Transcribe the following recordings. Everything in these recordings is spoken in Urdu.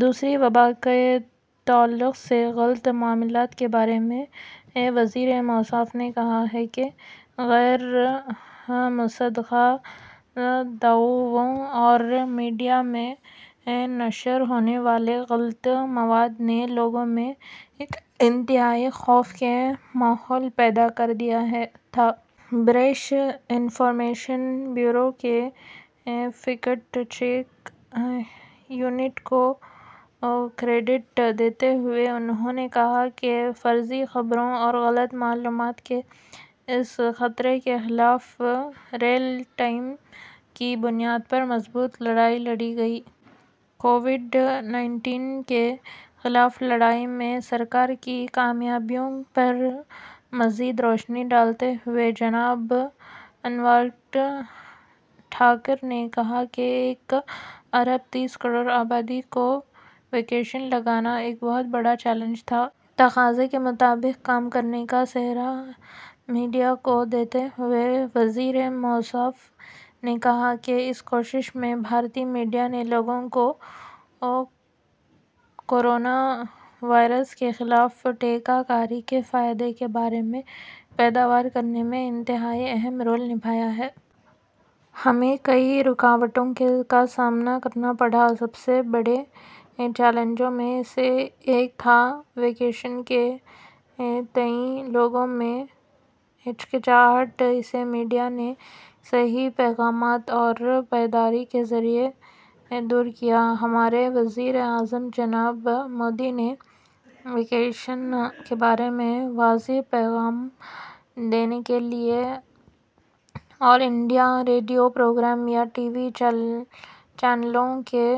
دوسری وبا کے تعلق سے، غلط معلومات کے بارے میں، وزیر موصوف نے کہا کہ غیر مصدقہ دعووں اور میڈیا میں نشر ہونے والے غلط مواد نے لوگوں میں انتہائی خوف کا ماحول پیدا کر دیا تھا۔ پریس انفارمیشن بیورو کے فیکٹ چیک یونٹ کو کریڈٹ دیتے ہوئے انہوں نے کہا کہ فرضی خبروں اور غلط معلومات کے اس خطرے کے خلاف ریئل ٹائم کی بنیاد پر مضبوط لڑائی لڑی گئی۔ کووڈ نائنٹین کے خلاف لڑائی میں سرکار کی کامیابیوں پر مزید روشنی ڈالتے ہوئے، جناب انوراگ ٹھاکر نے کہا کہ ایک ارب تیس کروڑ آبادی کو ویکسین لگانا ایک بہت بڑا چیلنج تھا۔ تقاضے کے مطابق کام کرنے کا سہرا میڈیا کو دیتے ہوئے وزیر موصوف نے کہا کہ اس کوشش میں، بھارتی میڈیا نے لوگوں کو کورونا وائرس کے خلاف ٹیکہ کاری کے فائدے کے بارے میں بیدار کرنے میں انتہائی اہم رول نبھایا ہے۔ ہمیں کئی رکاوٹوں کا سامنا کرنا پڑا۔ سب سے بڑے چیلنجوں میں سے ایک تھا ویکسین کے تئیں لوگوں میں ہچکچاہٹ۔ اسے میڈیا نے صحیح پیغامات اور بیداری کے ذریعے دور کیا۔ ہمارے وزیر اعظم جناب مودی نے ویکسین کے بارے میں واضح پیغام دینے کے لیے آل انڈیا ریڈیو پروگراموں یا ٹی وی چینلوں کے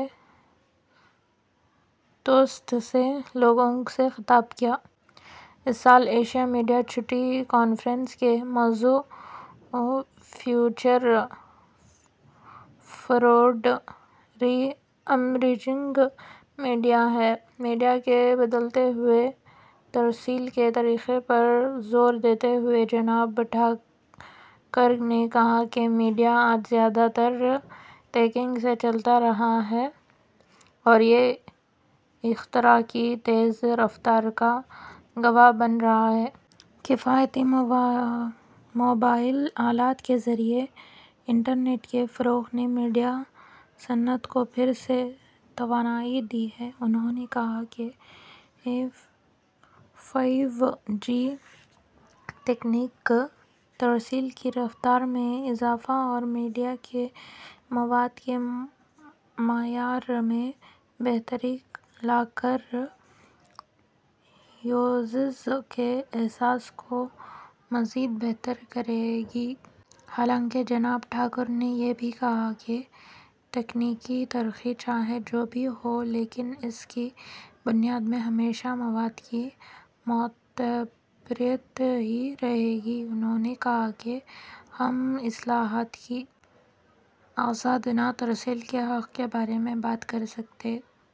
توسط سے لوگوں سے خطاب کیا۔ اس سال ایشیا میڈیا چوٹی کانفرنس کا موضوع future forward, reimagining media ہے۔ میڈیا کے بدلتے ہوئے ترسیل کے طریقے پر زور دیتے ہوئے جناب ٹھاکر نے کہا کہ میڈیا آج زیادہ تر تکنیک سے چلتا ہے اور یہ اختراع کی تیز رفتار کا گواہ بن رہا ہے۔ کفایتی موبائل آلات کے ذریعے انٹرنیٹ کے فروغ نے میڈیا صنعت کو پھر سے توانائی دی ہے۔ انہوں نے کہا کہ فائیو جی تکنیک ترسیل کی رفتار میں اضافہ اور میڈیا کے مواد کے معیار میں بہتری لا کر یوزرز کے احساس کو مزید بہتر کرے گی۔ حالانکہ جناب ٹھاکر نے یہ بھی کہا کہ تکنیکی ترقی چاہے جو بھی ہو، لیکن اس کی بنیاد میں ہمیشہ مواد کی معتبریت ہی رہے گی۔ انہوں نے کہا کہ ہم اطلاعات کی آزادانہ ترسیل کے حق کے بارے میں بات کر سکتے